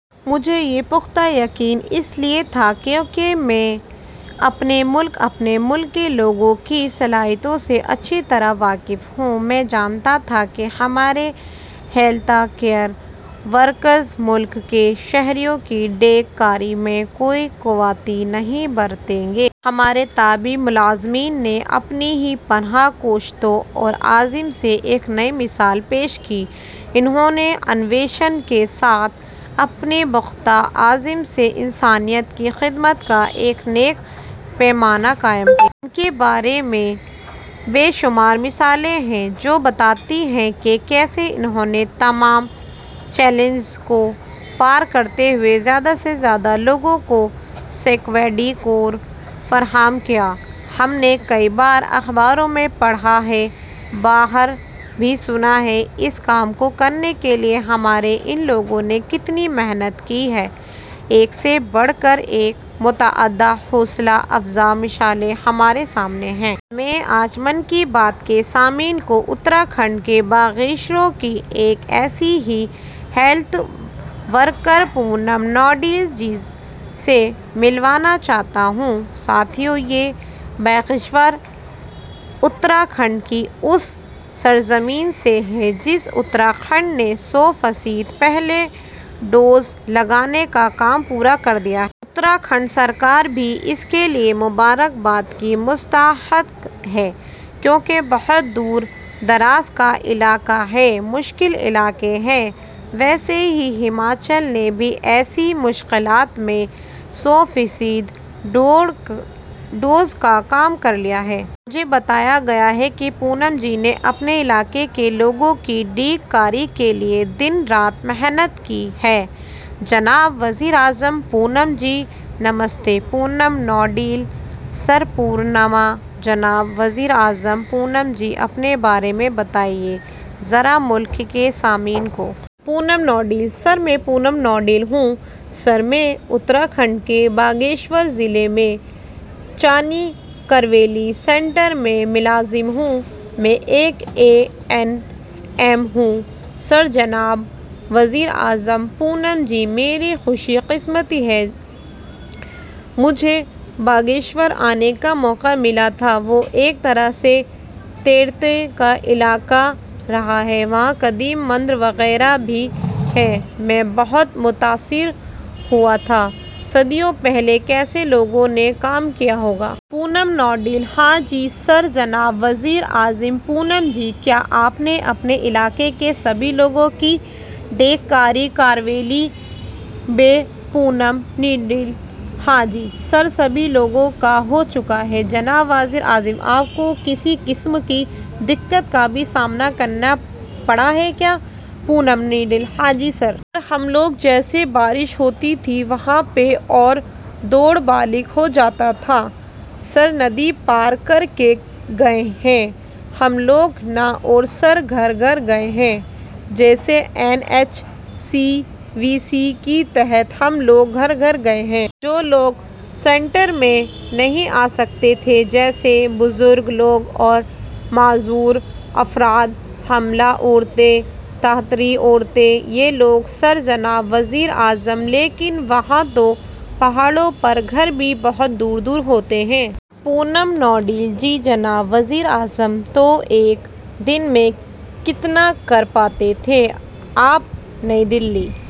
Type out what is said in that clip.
مجھے یہ پختہ یقین اس لیے تھا، کیوں کہ میں اپنے ملک، اپنے ملک کے لوگوں کی صلاحیتوں سے اچھی طرح واقف ہوں۔ میں جانتا تھا کہ ہمارے ہیلتھ کیئر ورکرز ملک کے شہریوں کی ٹیکہ کاری میں کوئی کوتاہی نہیں برتیں گے۔ ہمارے طبی ملازمین نے اپنی بے پناہ کوششوں اور عزم سے ایک نئی مثال پیش کی، انہوں نے انوویشن کے ساتھ اپنے پختہ عزم سے انسانیت کی خدمت کا ایک نیا پیمانہ قائم کیا۔ ان کے بارے میں بے شمار مثالیں ہیں، جو بتاتی ہیں کہ کیسے انہوں نے تمام چیلنجز کو پار کرتے ہوئے زیادہ سے زیادہ لوگوں کو سیکورٹی کور فراہم کیا۔ ہم نے کئی بار اخباروں میں پڑھا ہے، باہر بھی سنا ہے اس کام کو کرنے کے لیے ہمارے ان لوگوں نے کتنی محنت کی ہے، ایک سے بڑھ کر ایک متعدد حوصلہ افزا مثالیں ہمارے سامنے ہیں۔ میں آج 'من کی بات' کے سامعین کو اتراکھنڈ کے باگیشور کی ایک ایسی ہی ہیلتھ ورکر پونم نوٹیال جی سے ملوانا چاہتا ہوں۔ ساتھیو، یہ باگیشور اتراکھنڈ کی اُس سرزمین سے ہے جس اتراکھنڈ نے سو فیصد پہلا ڈوز لگانے کا کام پورا کر دیا ہے۔ اتراکھنڈ سرکار بھی اس کے لیے مبارکباد کی مستحق ہے، کیوں کہ بہت دور دراز کا علاقہ ہے، مشکل علاقہ ہے۔ ویسے ہی، ہماچل نے بھی ایسی مشکلات میں سو فیصد ڈوز کا کام کر لیا ہے۔ مجھے بتایا گیا ہے کہ پونم جی نے اپنے علاقے کے لوگوں کی ٹیکہ کاری کے لیے دن رات محنت کی ہے۔ جناب وزیر اعظم:- پونم جی نمستے۔ پونم نوٹیال:- سر پرنام۔ جناب وزیراعظم:- پونم جی اپنے بارے میں بتائے ذرا ملک کے سامعین کو۔ پونم نوٹیال:- سر میں پونم نوٹیال ہوں۔ سر میں اتراکھنڈ کے باگیشور ضلع میں چانی کورالی سنٹر میں ملازم ہوں۔ میں ایک اے این ایم ہوں سر۔ جناب وزیر اعظم:- پونم جی میری خوش قسمتی ہے مجھے باگیشور آنے کا موقع ملا تھا وہ ایک طرح سے تیرتھ کا علاقہ رہا ہے وہاں قدیم مندر وغیرہ بھی ہیں، میں بہت متاثر ہوا تھا صدیوں پہلے کیسے لوگوں نے کام کیا ہوگا۔ پونم نوٹیال:- ہاں جی سر جناب وزیر اعظم:- پونم جی کیا آپ نے اپنے علاقے کے سبھی لوگوں کی ٹیکہ کاری کروالی ہے۔ پونم نوٹیال:- ہاں جی سر، سبھی لوگوں کا ہو چکا ہے جناب وزیر اعظم:- آپ کو کسی قسم کی دقت کا بھی سامنا کرنا پڑا ہے کیا؟ پونم نوٹیال:- ہاں جی سر۔ سر ہم لوگ جیسے بارش ہوتی تھی وہاں پہ اور روڈ بلاک ہو جاتا تھا۔ سر، ندی پار کرکے گئے ہیں ہم لوگ نا! اور سر گھر گھر گئے ہیں، جیسے N H C V C کے تحت ہم لوگ گھر گھر گئے ہیں۔ جو لوگ سنٹر میں نہیں آ سکتے تھے، جیسے بزرگ لوگ اور معذور افراد، حاملہ عورتیں، دھاتری عورتیں – یہ لوگ سر۔ جناب وزیر اعظم:- لیکن، وہاں تو پہاڑوں پر گھر بھی بہت دور دور ہوتے ہیں۔ پونم نوٹیال:- جی جناب وزیر اعظم:- تو ایک دن میں کتنا کر پاتے تھے آپ! نئی دہلی۔